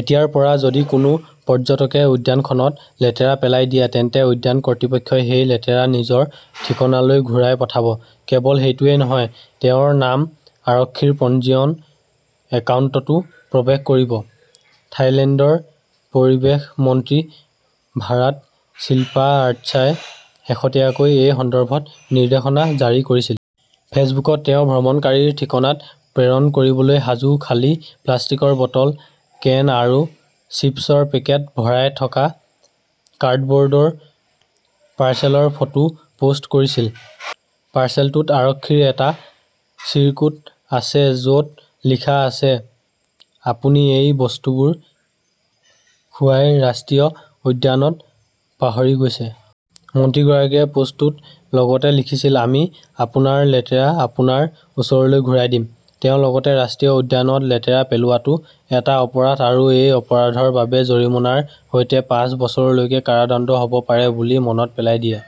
এতিয়াৰ পৰা, যদি কোনো পৰ্যটকে উদ্যানখনত লেতেৰা পেলাই দিয়ে, তেন্তে উদ্যান কৰ্তৃপক্ষই সেই লেতেৰা নিজৰ ঠিকনালৈ ঘূৰাই পঠাব। কেৱল সেইটোৱেই নহয়, তেওঁৰ নাম আৰক্ষীৰ পঞ্জীয়ন একাউণ্টতো প্ৰৱেশ কৰিব। থাইলেণ্ডৰ পৰিৱেশ মন্ত্ৰী ভাৰাট চিল্পা আৰ্চাই শেহতীয়াকৈ এই সন্দৰ্ভত নিৰ্দেশনা জাৰি কৰিছিল। ফেচবুকত তেওঁ ভ্ৰমণকাৰীৰ ঠিকনাত প্ৰেৰণ কৰিবলৈ সাজু খালী প্লাষ্টিকৰ বটল, কেন আৰু চিপছৰ পেকেট ভৰাই থকা কাৰ্ডব'ৰ্ডৰ পাৰ্চেলৰ ফটো পোষ্ট কৰিছিল। পাৰ্চেলটোত আৰক্ষীৰ এটা চিৰকুট আছে য 'ত লিখা আছে,' আপুনি এই বস্তুবোৰ খো য়াই ৰাষ্ট্ৰীয় উদ্যানত পাহৰি গৈছে '। মন্ত্ৰীগৰাকীয়ে পোষ্টটোত লগতে লিখিছিল, "আমি আপোনাৰ লেতেৰা আপোনাৰ ওচৰলৈ ঘূৰাই দিম। "তেওঁ লগতে ৰাষ্ট্ৰীয় উদ্যানত লেতেৰা পেলোৱাটো এটা অপৰাধ আৰু এই অপৰাধৰ বাবে জৰিমনাৰ সৈতে পাঁচ বছৰলৈকে কাৰাদণ্ড হ'ব পাৰে বুলি মনত পেলাই দিয়ে।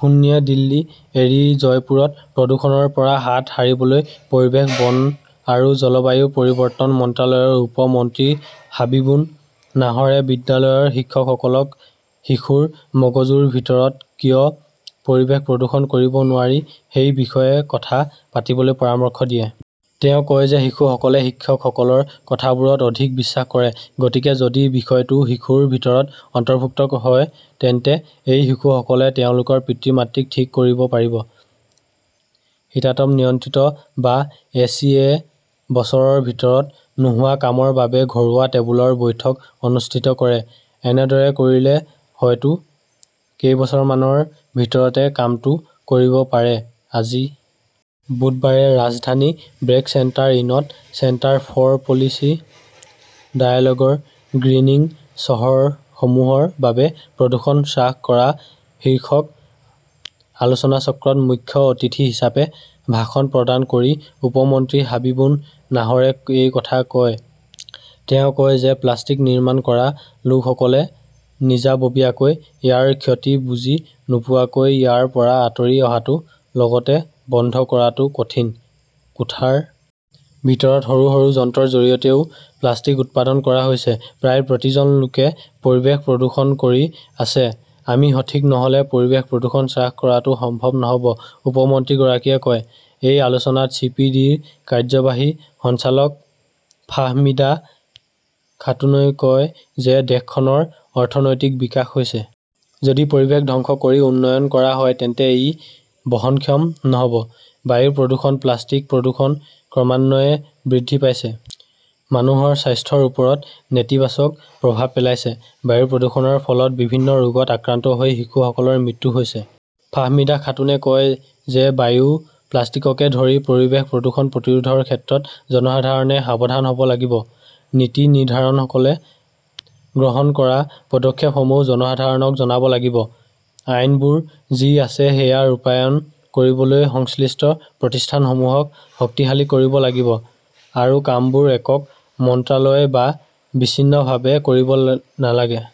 সুন্নীয়ে দিল্লী এৰি জয়পুৰত প্ৰদূষণৰ পৰা হাত সাৰিবলৈ পৰিৱেশ, বন আৰু জলবায়ু পৰিৱৰ্তন মন্ত্ৰালয়ৰ উপ মন্ত্ৰী হাবিবুন নাহৰে বিদ্যালয়ৰ শিক্ষকসকলক শিশুৰ মগজুৰ ভিতৰত কিয় পৰিৱেশ প্ৰদূষণ কৰিব নোৱাৰি সেই বিষয়ে কথা পাতিবলৈ পৰামৰ্শ দিয়ে। তেওঁ কয় যে শিশুসকলে শিক্ষকসকলৰ কথাবোৰত অধিক বিশ্বাস কৰে। গতিকে যদি বিষয়টো শিশুৰ ভিতৰত অন্তৰ্ভুক্ত হয়, তেন্তে এই শিশুসকলেহে তেওঁলোকৰ পিতৃ-মাতৃক ঠিক কৰিব পাৰিব। শীতাতপ নিয়ন্ত্ৰিত বা এ. চি. -য়ে বছৰৰ ভিতৰত নোহোৱা কামৰ বাবে ঘৰুৱা টেবুলৰ বৈঠক অনুষ্ঠিত কৰে, এনেদৰে কৰিলে হয়তো কেইবছৰমানৰ ভিতৰতে কামটো কৰিব পাৰে। আজি বুধবাৰে ৰাজধানীৰ ব্ৰেক চেণ্টাৰ ইনত চেণ্টাৰ ফৰ পলিচি ডায়ালগ ৰ 'গ্ৰীণিং চহৰসমূহৰ বাবে প্ৰদূষণ হ্ৰাস কৰা শীৰ্ষক আলোচনাচক্ৰত মুখ্য অতিথি হিচাপে ভাষণ প্ৰদান কৰি উপ-মন্ত্ৰী হাবিবুন নাহৰে এই কথা কয়। তেওঁ কয় যে প্লাষ্টিক নিৰ্মাণ কৰা লোকসকলে নিজাববীয়াকৈ ইয়াৰ ক্ষতি বুজি নোপোৱাকৈ ইয়াৰ পৰা আঁতৰি অহাটো লগতে বন্ধ কৰাটো কঠিন। কোঠাৰ ভিতৰত সৰু সৰু যন্ত্ৰৰ জৰিয়তেও প্লাষ্টিক উৎপাদন কৰা হৈছে। প্ৰায় প্ৰতিজন লোকে পৰিৱেশ প্ৰদূষণ কৰি আছে, আমি সঠিক নহ'লে পৰিৱেশ প্ৰদূষণ হ্ৰাস কৰাটো সম্ভৱ নহ'ব, উপ- মন্ত্ৰীগৰাকীয়ে কয়। এই আলোচনাত চি. পি. ডি. -ৰ কাৰ্যবাহী সঞ্চালক ফাহমিদা খাতুনই কয় যে দেশখনৰ অৰ্থনৈতিক বিকাশ হৈছে। যদি পৰিৱেশ ধ্বংস কৰি উন্নয়ন কৰা হয় তেন্তে ই বহনক্ষম নহ'ব। বায়ু প্ৰদূষণ, প্লাষ্টিক প্ৰদূষণ ক্ৰমান্বয়ে বৃদ্ধি পাইছে। মানুহৰ স্বাস্থ্যৰ ওপৰত নেতিবাচক প্ৰভাৱ পেলাইছে। বায়ু প্ৰদূষণৰ ফলত বিভিন্ন ৰোগত আক্ৰান্ত হৈ শিশুসকলৰ মৃত্যু হৈছে। ফাহমিদা খাতুনে কয় যে বায়ু, প্লাষ্টিককে ধৰি পৰিৱেশ প্ৰদূষণ প্ৰতিৰোধৰ ক্ষেত্ৰত জনসাধাৰণে সাৱধান হ'ব লাগিব। নীতি নিৰ্ধাৰকসকলে গ্ৰহণ কৰা পদক্ষেপসমূহ জনসাধাৰণক জনাব লাগিব। আইনবোৰ যি আছে সেয়া ৰূপায়ণ কৰিবলৈ সংশ্লিষ্ট প্ৰতিষ্ঠানসমূহক শক্তিশালী কৰিব লাগিব আৰু কামবোৰ একক মন্ত্ৰালয় বা বিচ্ছিন্নভাৱে কৰিব নালাগে।